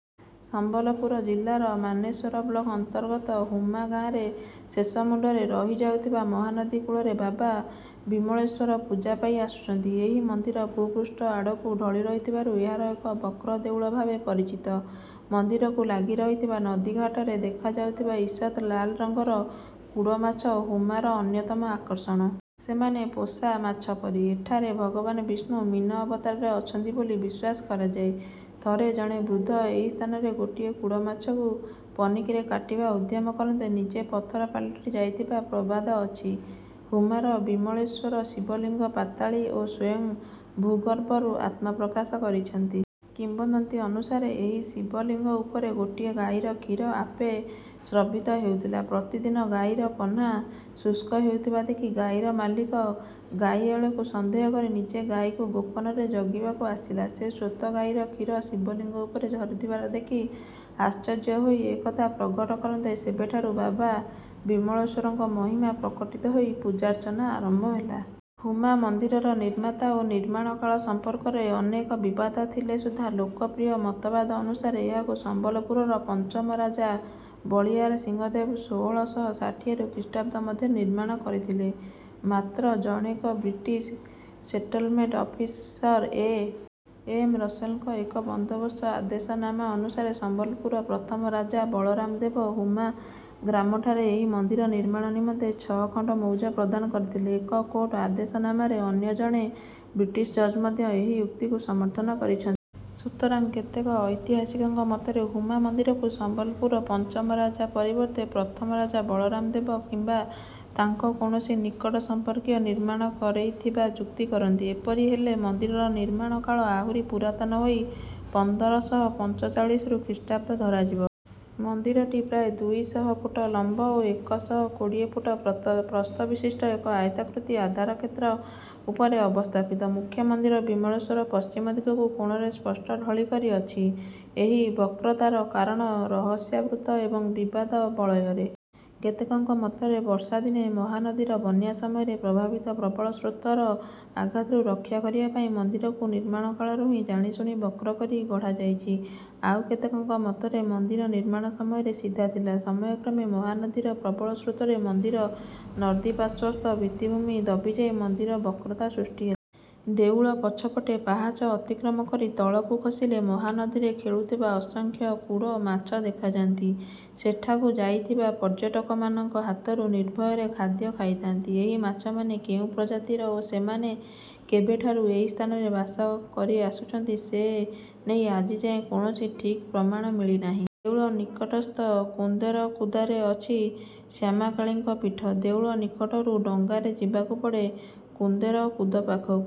ସମ୍ବଲପୁର ଜିଲ୍ଲାର ମାନେଶ୍ୱର ବ୍ଲକ ଅନ୍ତର୍ଗତ ହୁମା ଗାଁରେ ଶେଷମୁଣ୍ଡରେ ବହିଯାଉଥିବା ମହାନଦୀ କୂଳରେ ବାବା ବିମଳେଶ୍ୱର ପୂଜା ପାଇ ଆସୁଛନ୍ତି। ଏହି ମନ୍ଦିର ଭୂପୃଷ୍ଠ ଆଡ଼କୁ ଢଳି ରହିଥିବାରୁ ଏହା ବକ୍ର ଦେଉଳ ଭାବେ ପରିଚିତ। ମନ୍ଦିରକୁ ଲାଗିରହିଥିବା ନଦୀଘାଟରେ ଦେଖାଯାଉଥିବା ଈଷତ୍ ଲାଲ ରଙ୍ଗର କୁଡ଼ୋ ମାଛ ହୁମାର ଅନ୍ୟତମ ଆକର୍ଷଣ। ସେମାନେ ପୋଷା ମାଛ ପରି। ଏଠାରେ ଭଗବାନ ବିଷ୍ଣୁ ମୀନ ଅବତାରରେ ଅଛନ୍ତି ବୋଲି ବିଶ୍ୱାସ କରାଯାଏ। ଥରେ ଜଣେ ବୃଦ୍ଧ ଏହି ସ୍ଥାନର ଗୋଟିଏ କୁଡ଼ୋ ମାଛକୁ ପନିକିରେ କାଟିବା ଉଦ୍ୟମ କରନ୍ତେ ନିଜେ ପଥର ପାଲଟି ଯାଇଥିବା ପ୍ରବାଦ ଅଛି। ହୁମାର ବିମଳେଶ୍ୱର ଶିବଲିଙ୍ଗ ପାତାଳୀ ଓ ସ୍ୱୟଂ ଭୂଗର୍ଭରୁ ଆତ୍ମପ୍ରକାଶ କରିଛନ୍ତି। କିମ୍ବଦନ୍ତୀ ଅନୁସାରେ ଏହି ଶିବଲିଙ୍ଗ ଉପରେ ଗୋଟିଏ ଗାଈର କ୍ଷୀର ଆପେ ସ୍ରବିତ ହେଉଥିଲା। ପ୍ରତିଦିନ ଗାଈର ପହ୍ନା ଶୁଷ୍କ ହେଉଥିବା ଦେଖି ଗାଈର ମାଲିକ ଗାଈଆଳକୁ ସନ୍ଦେହ କରି ନିଜେ ଗାଈକୁ ଗୋପନରେ ଜଗିବାକୁ ଆସିଲା। ସେ ସ୍ୱତଃ ଗାଈର କ୍ଷୀର ଶିବଲିଙ୍ଗ ଉପରେ ଝରୁଥିବାର ଦେଖି ଆଶ୍ଚର୍ଯ୍ୟ ହୋଇ ଏକଥା ପ୍ରଘଟ କରନ୍ତେ ସେବେଠାରୁ ବାବା ବିମଳେଶ୍ୱରଙ୍କ ମହିମା ପ୍ରକଟିତ ହୋଇ ପୂଜାର୍ଚ୍ଚନା ଆରମ୍ଭ ହେଲା। ହୁମା ମନ୍ଦିରର ନିର୍ମାତା ଓ ନିର୍ମାଣ କାଳ ସମ୍ପର୍କରେ ଅନେକ ବିବାଦ ଥିଲେ ସୁଦ୍ଧା ଲୋକପ୍ରିୟ ମତବାଦ ଅନୁସାରେ ଏହାକୁ ସମ୍ବଲପୁରର ପଞ୍ଚମ ରାଜା ବଳିୟାର ସିଂହଦେବ ଷୋହଳ ଶହ ଷାଠିଏରୁ ଖ୍ରୀଷ୍ଟାବ୍ଦ ମଧ୍ୟରେ ନିର୍ମାଣ କରିଥିଲେ। ମାତ୍ର ଜଣୈକ British settlement officer A M. ରସେଲ୍‌ଙ୍କ ଏକ ବନ୍ଦୋବସ୍ତ ଆଦେଶନାମା ଅନୁସାରେ ସମ୍ବଲପୁରର ପ୍ରଥମ ରାଜା ବଳରାମ ଦେବ ହୁମା ଗ୍ରାମଠାରେ ଏହି ମନ୍ଦିର ନିର୍ମାଣ ନିମନ୍ତେ ଛଅ ଖଣ୍ଡ ମୌଜା ପ୍ରଦାନ କରିଥିଲେ। ଏକ କୋର୍ଟ ଆଦେଶନାମାରେ ଅନ୍ୟ ଜଣେ ବ୍ରିଟିଶ ଜଜ୍ ମଧ୍ୟ ଏହି ଉକ୍ତିକୁ ସମର୍ଥନ କରିଛନ୍ତି। ସୁତରାଂ କେତେକ ଐତିହାସିକଙ୍କ ମତରେ ହୁମା ମନ୍ଦିରକୁ ସମ୍ବଲପୁରର ପଞ୍ଚମ ରାଜା ପରିବର୍ତ୍ତେ ପ୍ରଥମ ରାଜା ବଳରାମ ଦେବ କିମ୍ବା ତାଙ୍କ କୌଣସି ନିକଟ ସମ୍ପର୍କୀୟ ନିର୍ମାଣ କରେଇଥିବା ଯୁକ୍ତି କରନ୍ତି। ଏପରି ହେଲେ ମନ୍ଦିରର ନିର୍ମାଣ କାଳ ଆହୁରି ପୁରାତନ ହୋଇ ପନ୍ଦର ଶହ ପଞ୍ଚଚାଳିଶରୁ ଖ୍ରୀଷ୍ଟାବ୍ଦ ଧରାଯିବ। ମନ୍ଦିରଟି ପ୍ରାୟ ଦୁଇ ଶହ ଫୁଟ ଲମ୍ବ ଓ ଏକ ଶହ କୋଡ଼ିଏ ଫୁଟ ପ୍ରତ ପ୍ରସ୍ଥ ବିଶିଷ୍ଟ ଏକ ଆୟତାକୃତି ଆଧାରକ୍ଷେତ୍ର ଉପରେ ଅବସ୍ଥାପିତ। ମୁଖ୍ୟ ମନ୍ଦିର ବିମଳେଶ୍ୱର ପଶ୍ଚିମ ଦିଗକୁ କୋଣରେ ସ୍ପଷ୍ଟ ଢଳିକରି ଅଛି। ଏହି ବକ୍ରତାର କାରଣ ରହସ୍ୟାବୃତ୍ତ ଏବଂ ବିବାଦ ବଳୟରେ। କେତେକଙ୍କ ମତରେ ବର୍ଷାଦିନେ ମହାନଦୀର ବନ୍ୟା ସମୟରେ ପ୍ରବାହିତ ପ୍ରବଳ ସ୍ରୋତର ଆଘାତରୁ ରକ୍ଷା କରିବା ପାଇଁ ମନ୍ଦିରକୁ ନିର୍ମାଣ କାଳରୁ ହିଁ ଜାଣିଶୁଣି ବକ୍ର କରି ଗଢ଼ାଯାଇଛି। ଆଉ କେତେକଙ୍କ ମତରେ ମନ୍ଦିର ନିର୍ମାଣ ସମୟରେ ସିଧା ଥିଲା। ସମୟକ୍ରମେ ମହାନଦୀର ପ୍ରବଳ ସ୍ରୋତରେ ମନ୍ଦିର ନଦୀପାର୍ଶ୍ୱସ୍ଥ ଭିତ୍ତିଭୂମି ଦବିଯାଇ ମନ୍ଦିର ବକ୍ରତା ସୃଷ୍ଟି ହେଲା। ଦେଉଳ ପଛପଟେ ପାହାଚ ଅତିକ୍ରମ କରି ତଳକୁ ଖସିଲେ ମହାନଦୀରେ ଖେଳୁଥିବା ଅସଂଖ୍ୟ କୁଡ଼ୋ ମାଛ ଦେଖାଯାଆନ୍ତି। ସେଠାକୁ ଯାଇଥିବା ପର୍ଯ୍ୟଟକମାନଙ୍କ ହାତରୁ ନିର୍ଭୟରେ ଖାଦ୍ୟ ଖାଇଥାନ୍ତି। ଏହି ମାଛମାନେ କେଉଁ ପ୍ରଜାତିର ଓ ସେମାନେ କେବେଠାରୁ ଏହି ସ୍ଥାନରେ ବାସ କରି ଆସୁଛନ୍ତି ସେ ନେଇ ଆଜିଯାଏଁ କୌଣସି ଠିକ୍ ପ୍ରମାଣ ମିଳିନାହିଁ। ଦେଉଳ ନିକଟସ୍ଥ କୁନ୍ଦେର କୁଦାରେ ଅଛି ଶ୍ୟାମାକାଳୀଙ୍କ ପୀଠ। ଦେଉଳ ନିକଟରୁ ଡଙ୍ଗାରେ ଯିବାକୁ ପଡ଼େ କୁନ୍ଦେର କୁଦ ପାଖକୁ।